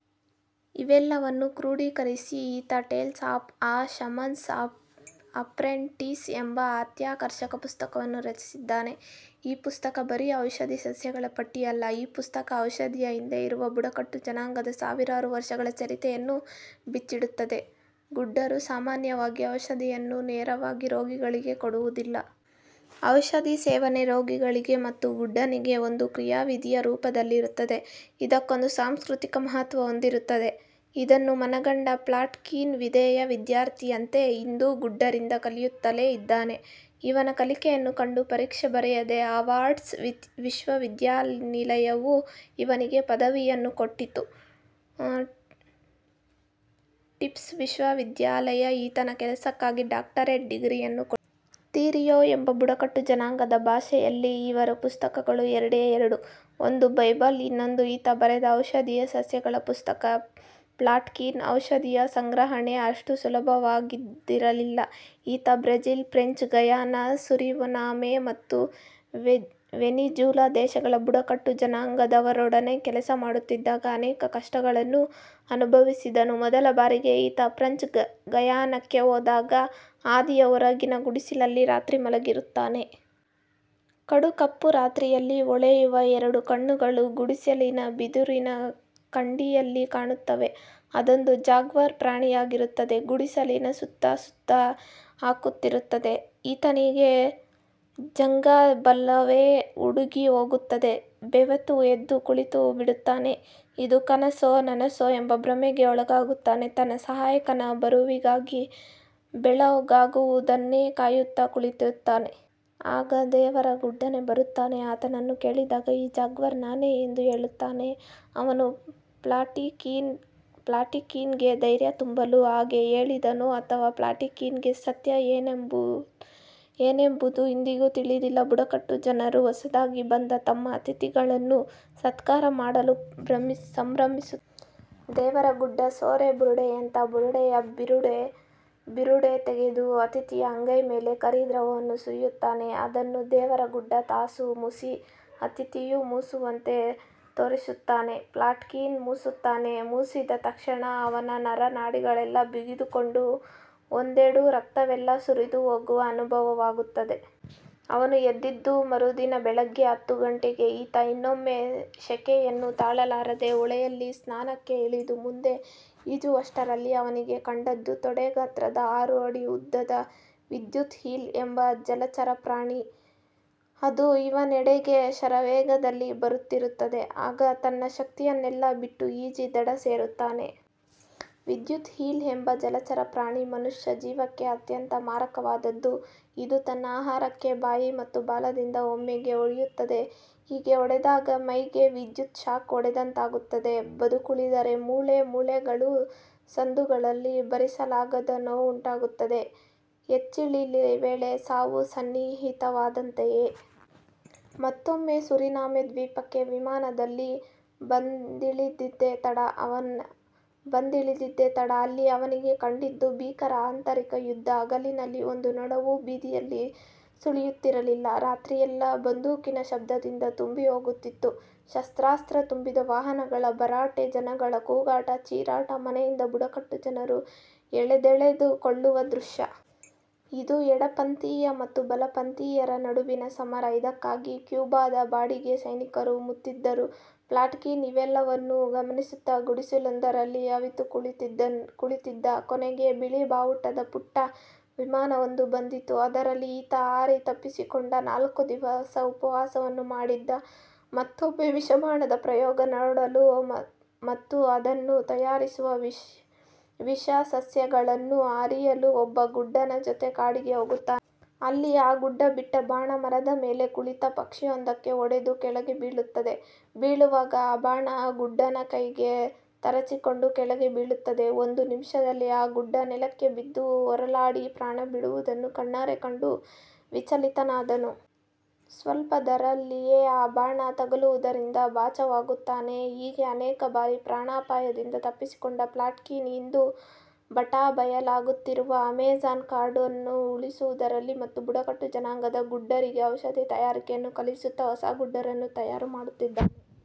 ಇವೆಲ್ಲವನ್ನೂ ಕ್ರೂಢೀಕರಿಸಿ ಈತ Tales of a Shaman's Apprentice ಎಂಬ ಅತ್ಯಾಕರ್ಷಕ ಪುಸ್ತಕವನ್ನು ರಚಿಸಿದ್ದಾನೆ. ಈ ಪುಸ್ತಕ ಬರೀ ಔಷಧಿ ಸಸ್ಯಗಳ ಪಟ್ಟಿಯಲ್ಲ. ಈ ಪುಸ್ತಕ ಔಷಧೀಯ ಹಿಂದೆ ಇರುವ ಬುಡಕಟ್ಟು ಜನಾಂಗದ ಸಾವಿರಾರು ವರ್ಷಗಳ ಚರಿತ್ರೆಯನ್ನು ಬಿಚ್ಚಿಡುತ್ತದೆ. ಗುಡ್ಡರು ಸಾಮಾನ್ಯವಾಗಿ ಔಷಧಿಯನ್ನು ನೇರವಾಗಿ ರೋಗಿಗಳಿಗೆ ಕೊಡುವುದಿಲ್ಲ. ಔಷಧಿ ಸೇವನೆ ರೋಗಿಗೆ ಮತ್ತು ಗುಡ್ಡನಿಗೆ ಒಂದು ಕ್ರಿಯಾವಿಧಿಯ ರೂಪದಲ್ಲಿರುತ್ತದೆ. ಇದಕ್ಕೊಂದು ಸಾಂಸ್ಕೃತಿಕ ಮಹತ್ವ ಒಂದಿರುತ್ತದೆ. ಇದನ್ನು ಮನಗಂಡ ಪ್ಲಾಟ್ಕಿನ್ ವಿಧೇಯ ವಿದ್ಯಾರ್ಥಿಯಂತೆ ಇಂದೂ ಗುಡ್ಡರಿಂದ ಕಲಿಯುತ್ತಲೇ ಇದ್ದಾನೆ. ಇವನ ಕಲಿಕೆಯನ್ನು ಕಂಡು ಪರೀಕ್ಷೆ ಬರೆಯದೆ ಹಾರ್ವರ್ಡ್ ವಿಶ್ವವಿದ್ಯಾನಿಲಯವು ಇವನಿಗೆ ಪದವಿಯನ್ನು ಕೊಟ್ಟಿತು. ಟಿಫ್ಟ್ ವಿಶ್ವವಿದ್ಯಾನಿಲಯ ಈತನ ಕೆಲಸಕ್ಕಾಗಿ ಡಾಕ್ಟರೇಟ್ ಡಿಗ್ರಿಯನ್ನು ಕೊಟ್ಟಿತು. ತಿರಿಯೋ ಎಂಬ ಬುಡಕಟ್ಟು ಜನಾಂಗದ ಭಾಷೆಯಲ್ಲಿ ಇರುವ ಪುಸ್ತಕಗಳು ಎರಡೇ ಎರಡು. ಒಂದು ಬೈಬಲ್, ಇನ್ನೊಂದು ಈತ ಬರೆದ ಔಷಧೀಯ ಸಸ್ಯಗಳ ಪುಸ್ತಕ. ಪ್ಲಾಟ್ಕಿನ್ ಔಷಧೀಯ ಸಂಗ್ರಹಣೆ ಅಷ್ಟು ಸುಲಭದ್ದಾಗಿರಲಿಲ್ಲ ಈತ ಬ್ರೆಜಿಲ್, ಫ್ರೆಂಚ್ ಗಯಾನ, ಸುರಿನಾಮೆ ಮತ್ತು ವೆನಿಜುಲಾ ದೇಶಗಳ ಬುಡಕಟ್ಟು ಜನಾಂಗದವರೊಡನೆ ಕೆಲಸ ಮಾಡುತ್ತಿದ್ದಾಗ ಅನೇಕ ಕಷ್ಟಗಳನ್ನು ಅನುಭವಿಸಿದನು ಮೊದಲ ಬಾರಿಗೆ ಈತ ಫ್ರಂಚ್ ಗಯಾನಕ್ಕೆ ಹೋದಾಗ ಹಾದಿಯ ಹೊರಗಿನ ಗುಡಿಸಿನಲ್ಲಿ ರಾತ್ರಿ ಮಲಗಿರುತ್ತಾನೆ. ಕಡುಕಪ್ಪು ರಾತ್ರಿಯಲ್ಲಿ ಹೊಳೆವ ಎರಡು ಕಣ್ಣುಗಳು ಗುಡಿಸಿಲಿನ ಬಿದುರಿನ ಕಂಡಿಯಲ್ಲಿ ಕಾಣುತ್ತವೆ. ಅದೊಂದು ಜಾಗ್ವಾರ್ ಪ್ರಾಣಿಯಾಗಿರುತ್ತದೆ. ಗುಡಿಸಿಲಿನ ಸುತ್ತಾ ಸುತ್ತು ಹಾಕುತ್ತಿರುತ್ತದೆ. ಈತನಿಗೆ ಜಂಘಾಬಲವೇ ಉಡುಗಿಹೋಗುತ್ತದೆ. ಬೆವೆತು ಎದ್ದು ಕುಳಿತು ಬಿಡುತ್ತಾನೆ. ಇದು ಕನಸೋ, ನನಸೋ ಎಂಬ ಭ್ರಮೆಗೆ ಒಳಗಾಗುತ್ತಾನೆ. ತನ್ನ ಸಹಾಯಕನ ಬರುವಿಗಾಗಿ ಬೆಳಗಾಗುವುದನ್ನೇ ಕಾಯುತ್ತಾ ಕುಳಿತಿರುತ್ತಾನೆ. ಆಗ ದೇವರ ಗುಡ್ಡನೆ ಬರುತ್ತಾನೆ. ಆತನನ್ನು ಕೇಳಿದಾಗ ಈ ಜಾಗ್ವಾರ್ ನಾನೇ ಎಂದು ಹೇಳುತ್ತಾನೆ. ಅವನು ಪ್ಲಾಟಿಕಿನ್ ಗೆ ಧೈರ್ಯ ತುಂಬಲು ಹಾಗೆ ಹೇಳಿದನೋ, ಅಥವಾ.. ಪ್ಲಾಟಿಕಿನ್ ಗೆ ಸತ್ಯ ಏನಂಬುದು ಇಂದಿಗೂ ತಿಳಿದಿಲ್ಲ. ಬುಡಕಟ್ಟು ಜನರು ಹೊಸದಾಗಿ ಬಂದ ತಮ್ಮ ಅತಿಥಿಗಳನ್ನು ಸತ್ಕಾರ ಮಾಡಲು ಸಂಭ್ರಮಿಸುತ್ತಾರೆ. ದೇವರ ಗುಡ್ಡ ಸೊರೆ ಬುರುಡೆಯಂಥ ಬುರುಡೆಯ ಬಿರುಡೆ ತೆಗೆದು ಅತಿಥಿಯ ಅಂಗೈ ಮೇಲೆ ಕರಿ ದ್ರವವನ್ನು ಸುರಿಯುತ್ತಾನೆ. ಅದನ್ನು ದೇವರಗುಡ್ಡ ತಾನು ಮೂಸಿ ಅತಿಥಿಯೂ ಮೂಸುವಂತೆ ತೋರಿಸುತ್ತಾನೆ. ಪ್ಲಾಟ್ಕಿನ್ ಮೂಸುತ್ತಾನೆ. ಮೂಸಿದ ತಕ್ಷಣ ಅವನ ನರ ನಾಡಿಗಳೆಲ್ಲ ಬಿಗಿದುಕೊಂಡು, ಒಡೆದು ರಕ್ತವೆಲ್ಲಾ ಸುರಿದು ಹೋಗುವ ಅನುಭವವಾಗುತ್ತದೆ. ಅವನು ಎದ್ದಿದ್ದು ಮರುದಿನ ಬೆಳಗ್ಗೆ ಹತ್ತು ಗಂಟೆಗೆ. ಈತ ಇನ್ನೊಮ್ಮೆ ಸೆಖೆಯನ್ನು ತಾಳಲಾರದೆ ಹೊಳೆಯಲ್ಲಿ ಸ್ನಾನಕ್ಕೆ ಇಳಿದು ಮುಂದೆ ಈಜುವಷ್ಟರಲ್ಲಿ ಅವನಿಗೆ ಕಂಡದ್ದು ತೊಡೆ ಗಾತ್ರದ ಆರು ಅಡಿ ಉದ್ದದ 'ವಿದ್ಯುತ್ ಈಲ್ ' ಎಂಬ ಜಲಚರ ಪ್ರ್ರಾಣಿ. ಅದು ಇವನೆಡೆಗೆ ಶರವೇಗದಲ್ಲಿ ಬರುತ್ತಿರುತ್ತದೆ. ಆಗ ತನ್ನ ಶಕ್ತಿಯನ್ನೆಲ್ಲಾ ಬಿಟ್ಟು ಈಜಿ ದಡ ಸೇರುತ್ತಾನೆ. ವಿದ್ಯುತ್ ಈಲ್ ಎಂಬ ಜಲಚರ ಪ್ರಾಣಿ ಮನುಷ್ಯ ಜೀವಕ್ಕೆ ಅತ್ಯಂತ ಮಾರಕವಾದುದ್ದು. ಇದು ತನ್ನ ಆಹಾರಕ್ಕೆ ಬಾಯಿ ಮತ್ತು ಬಾಲದಿಂದ ಒಮ್ಮೆಗೆ ಹೊಡೆಯುತ್ತದೆ. ಹೀಗೆ ಹೊಡೆದಾಗ ಮೈಗೆ ವಿದ್ಯುತ್ ಶಾಕ್ ಹೊಡೆದಂತಾಗುತ್ತದೆ. ಬದುಕುಳಿದರೆ ಮೂಳೆ ಮೂಳೆಗಳ ಸಂದುಗಳಲ್ಲೂ ಭರಿಸಲಾಗದ ನೋವುಂಟಾಗುತ್ತದೆ. ಹೆಚ್ಚಿಲಿನ ವೇಳೆ ಸಾವು ಸನ್ನಿಹಿತವಾದಂತಯೇ. ಮತ್ತೊಮ್ಮೆ ಸುರಿನಾಮೆ ದ್ವೀಪಕ್ಕೆ ವಿಮಾನದಲ್ಲಿ ಬಂದಿಳಿದಿದ್ದೆ ತಡ ಅಲ್ಲಿ ಅವನಿಗೆ ಕಂಡಿದ್ದು ಭೀಕರ ಆಂತರಿಕ ಯುದ್ಧ. ಹಗಲಿನಲ್ಲಿ ಒಂದು ನೊಣವೂ ಬೀದಿಯಲ್ಲಿ ಸುಳಿಯುತ್ತಿರಲಿಲ್ಲ. ರಾತ್ರಿಯೆಲ್ಲಾ ಬಂದೂಕಿನ ಶಬ್ದದಿಂದ ತುಂಬಿ ಹೋಗುತ್ತಿತ್ತು. ಶಸ್ತ್ರಾತ್ರ ತುಂಬಿದ ವಾಹನಗಳ ಭರಾಟೆ, ಜನಗಳ ಕೂಗಾಟ, ಚೀರಾಟ, ಮನೆಯಿಂದ ಬುಡಕಟ್ಟು ಜನರನ್ನು ಎಳೆದೆಳೆದು ಕೊಳ್ಳುವ ದೃಶ್ಯ. ಇದು ಎಡಪಂಥೀಯ ಮತ್ತು ಬಲಪಂಥೀಯರ ನಡುವಿನ ಸಮರ. ಇದಕ್ಕಾಗಿ ಕ್ಯೂಬಾದ ಬಾಡಿಗೆ ಸೈನಿಕರು ಮುತ್ತಿದ್ದರು. ಪ್ಲಾಟಿಕಿನ್ ಇವೆಲ್ಲವನ್ನೂ ಗಮನಿಸುತ್ತಾ ಗುಡಿಸಿಲೊಂದರಲ್ಲಿ ಅವಿತು ಕುಳಿತಿದ್ದ. ಕೊನೆಗೆ ಬಿಳಿ ಬಾವುಟದ ಪುಟ್ಟ ವಿಮಾನವೊಂದು ಬಂದಿತು. ಅದರಲ್ಲಿ ಈತ ಹಾರಿ ತಪ್ಪಿಸಿಕೊಂಡ. ನಾಲ್ಕು ದಿವಸ ಉಪವಾಸವನ್ನು ಮಾಡಿದ್ದ. ಮತ್ತೊಮ್ಮೆ ವಿಷಬಾಣದ ಪ್ರಯೋಗ ನೋಡಲು ಮತ್ತು ಅದನ್ನು ತಯಾರಿಸುವ ವಿಷ ಸಸ್ಯಗಳನ್ನು ಅರಿಯಲು ಒಬ್ಬ ಗುಡ್ಡನ ಜೊತೆ ಕಾಡಿಗೆ ಹೋಗುತ್ತಾನೆ. ಅಲ್ಲಿ ಆ ಗುಡ್ಡ ಬಿಟ್ಟ ಬಾಣ ಮರದ ಮೇಲೆ ಕುಳಿತ ಪಕ್ಷಿಯೊಂದಕ್ಕೆ ಹೊಡೆದು ಕೆಳಗೆ ಬೀಳುತ್ತದೆ. ಬೀಳುವಾಗ ಆ ಬಾಣ ಆ ಗುಡ್ಡನ ಕೈಗೆ ತರಚಿಕೊಂಡು ಕೆಳಗೆ ಬೀಳುತ್ತದೆ. ಒಂದು ನಿಮಿಷದಲ್ಲಿ ಆ ಗುಡ್ಡ ನೆಲಕ್ಕೆ ಬಿದ್ದು ಹೊರಳಾಡಿ ಪ್ರಾಣ ಬಿಡುವುದನ್ನು ಕಣ್ಣಾರೆ ಕಂಡು ವಿಚಲಿತನಾದನು. ಸ್ವಲ್ಪದರಲ್ಲಿಯೇ ಆ ಬಾಣ ತಗಲುವುದರಿಂದ ಬಚಾವಾಗುತ್ತಾನೆ. ಹೀಗೆ ಅನೇಕ ಬಾರಿ ಪ್ರಾಣಾಪಾಯದಿಂದ ತಪ್ಪಿಸಿಕೊಂಡ ಪ್ಲಾಟ್ಕಿನ್ ಇಂದೂ ಬಟಾಬಯಲಾಗುತ್ತಿರುವ ಅಮೆಜಾನ್ ಕಾಡನ್ನುಉಳಿಸುವುದರಲ್ಲಿ ಮತ್ತು ಬುಡಕಟ್ಟು ಜನಾಂಗದ ಗುಡ್ದರಿಗೆ ಔಷಧಿ ತಯಾರಿಕೆಯನ್ನು ಕಲಿಸುತ್ತಾ ಹೊಸ ಗುಡ್ದರನ್ನು ತಯಾರು ಮಾಡುತ್ತಿದ್ದಾನೆ.